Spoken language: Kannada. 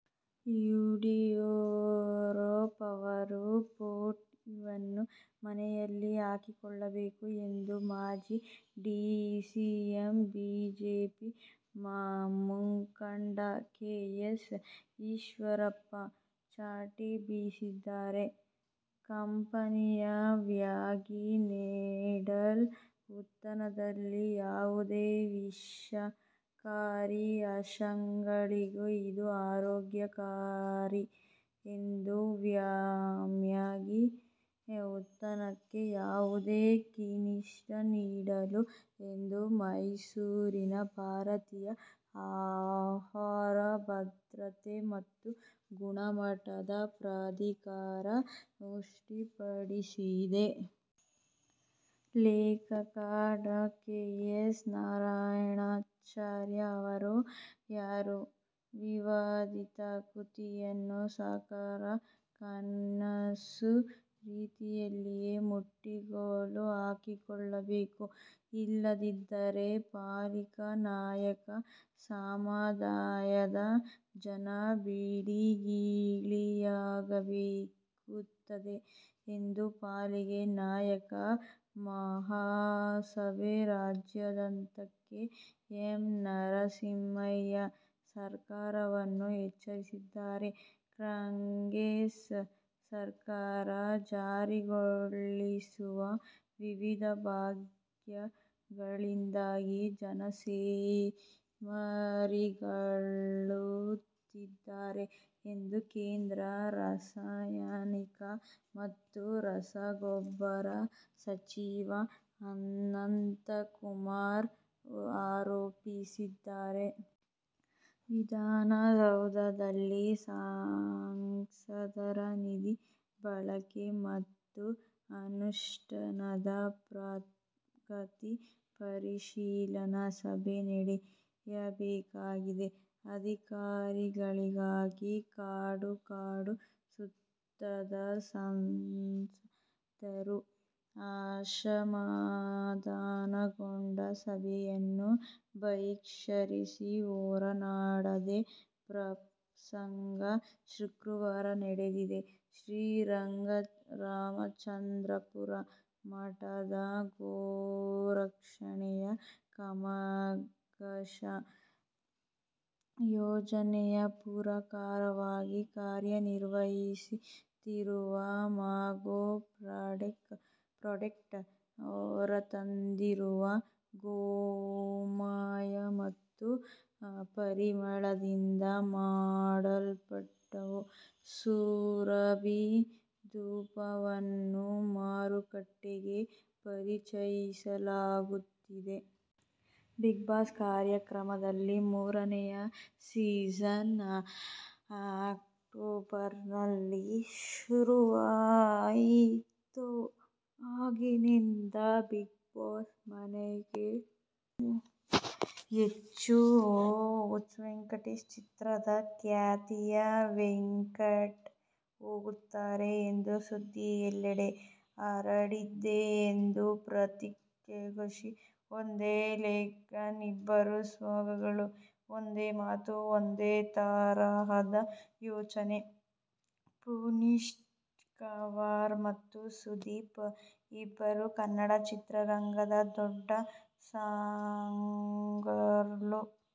ಯಡಿಯೂರಪ್ಪ ಅವರ ಫೋಟೊವನ್ನು ಮನೆಯಲ್ಲಿ ಹಾಕಿಕೊಳ್ಳಬೇಕು ಎಂದು ಮಾಜಿ ಡಿಸಿಎಂ, ಬಿಜೆಪಿ ಮುಖಂಡ ಕೆ. ಎಸ್. ಈಶ್ವರಪ್ಪ ಚಾಟಿ ಬೀಸಿದ್ದಾರೆ. ನೆಸ್ಲೆ ಕಂಪನಿಯ ಮ್ಯಾಗಿ ನೂಡಲ್ಸ್ ಉತ್ಪನ್ನದಲ್ಲಿ ಯಾವುದೇ ವಿಷಕಾರಿ ಅಂಶಗಳಿಲ್ಲ, ಇದು ಆರೋಗ್ಯಕಾರಿ ಎಂದು ಮ್ಯಾಗಿ ಉತ್ಪನ್ನಕ್ಕೆ ಯಾವುದೇ ಕ್ಲೀನ್ಚಿಟ್ ನೀಡಿಲ್ಲ ಎಂದು ಮೈಸೂರಿನ ಭಾರತೀಯ ಆಹಾರ ಭದ್ರತೆ ಮತ್ತು ಗುಣಮಟ್ಟದ ಪ್ರಾಧಿಕಾರ ಸ್ಪಷ್ಟಪಡಿಸಿದೆ. ಲೇಖಕ ಡಾ. ಕೆ. ಎಸ್. ನಾರಾಯಣಾಚಾರ್ಯ ಅವರ "ವಾಲ್ಮೀಕಿ ಯಾರು? ' ವಿವಾದಿತ ಕೃತಿಯನ್ನು ಸರ್ಕಾರ ಕಾನೂನು ರೀತಿಯಲ್ಲಿಯೇ ಮುಟ್ಟುಗೋಲು ಹಾಕಿಕೊಳ್ಳಬೇಕು. ಇಲ್ಲದಿದ್ದರೆ ವಾಲ್ಮೀಕಿ ನಾಯಕ ಸಮುದಾಯದ ಜನ ಬೀದಿಗಿಳಿಯಬೇಕಾಗುತ್ತದೆ ಎಂದು ವಾಲ್ಮೀಕಿ ನಾಯಕ ಮಹಾಸಭಾ ರಾಜ್ಯಾಧ್ಯಕ್ಷ ಎಂ. ನರಸಿಂಹಯ್ಯ ಸರ್ಕಾರವನ್ನು ಎಚ್ಚರಿಸಿದ್ದಾರೆ. ಕಾಂಗ್ರೆಸ್ ಸರಕಾರ ಜಾರಿಗೊಳಿಸಿದ ವಿವಿಧ ಭಾಗ್ಯಗಳಿಂದಾಗಿ ಜನ ಸೋಮಾರಿಗಳಾಗುತ್ತಿದ್ದಾರೆ ಎಂದು ಕೇಂದ್ರ ರಾಸಾಯನಿಕ ಮತ್ತು ರಸಗೊಬ್ಬರ ಸಚಿವ ಅನಂತಕುಮಾರ್ ಆರೋಪಿಸಿದರು. ವಿಧಾನಸೌಧದಲ್ಲಿ ಸಂಸದರ ನಿಧಿ ಬಳಕೆ ಮತ್ತು ಅನುಷ್ಠಾನದ ಪ್ರಗತಿ ಪರಿಶೀಲನಾ ಸಭೆ ನಡೆಯಬೇಕಾಗಿದ್ದು, ಅಧಿಕಾರಿಗಳಿಗಾಗಿ ಕಾದು, ಕಾದು ಸುಸ್ತಾದ ಸಂಸದರು ಅಸಮಾಧಾನಗೊಂಡು ಸಭೆಯನ್ನೇ ಬಹಿಷ್ಕರಿಸಿ ಹೊರನಡೆದ ಪ್ರಸಂಗ ಶುಕ್ರವಾರ ನಡೆದಿದೆ. ಶ್ರೀ ರಾಮಚಂದ್ರಾಪುರ ಮಠದ ಗೋರಕ್ಷಣೆಯ ಕಾಮದುಘಾ ಯೋಜನೆಗೆ ಪೂರಕವಾಗಿ ಕಾರ್ಯನಿರ್ವಹಿಸುತ್ತಿರುವ ಮಾ ಗೋ ಪ್ರಾಡೆಕ್ಟ್ ಹೊರತಂದಿರುವ ಗೋಮಯ ಮತ್ತು ನೈಸರ್ಗಿಕ ಪರಿಮಳದಿಂದ ಮಾಡಲ್ಪಟ್ಟ "ಸುರಭಿ ಧೂಪ'ವನ್ನು ಮಾರುಕಟ್ಟೆಗೆ ಪರಿಚಯಿಸಲಾಗುತ್ತಿದೆ. "ಬಿಗ್ ಬಾಸ್' ಕಾರ್ಯಕ್ರಮದ ಮೂರನೆಯ ಸೀಸನ್ ಅಕ್ಟೋಬರ್ನಲ್ಲಿ ಶುರುವಾಯಿತೋ, ಆಗಿನಿಂದ "ಬಿಗ್ ಬಾಸ್' ಮನೆಗೆ "ಹುಚ್ಚ ವೆಂಕಟ್' ಚಿತ್ರದ ಖ್ಯಾತಿಯ ವೆಂಕಟ್ ಹೋಗುತ್ತಾರೆ ಎಂಬ ಸುದ್ದಿ ಎಲ್ಲೆಡೆ ಹರಡಿದೆ. ಎರಡು ಪತ್ರಿಕಾಗೋಷ್ಠಿ. ಒಂದೇ ಲೊಕೇಷನ್. ಇಬ್ಬರು ಸ್ಟಾರ್ಗಳು. ಒಂದೇ ಮಾತು. ಒಂದೇ ತರಹದ ಯೋಚನೆ! ಪುನೀತ್ರಾಜ್ಕುಮಾರ್ ಮತ್ತು ಸುದೀಪ್ ಇಬ್ಬರೂ ಕನ್ನಡ ಚಿತ್ರರಂಗದ ದೊಡ್ಡ ಸ್ಟಾರ್ಗಳು.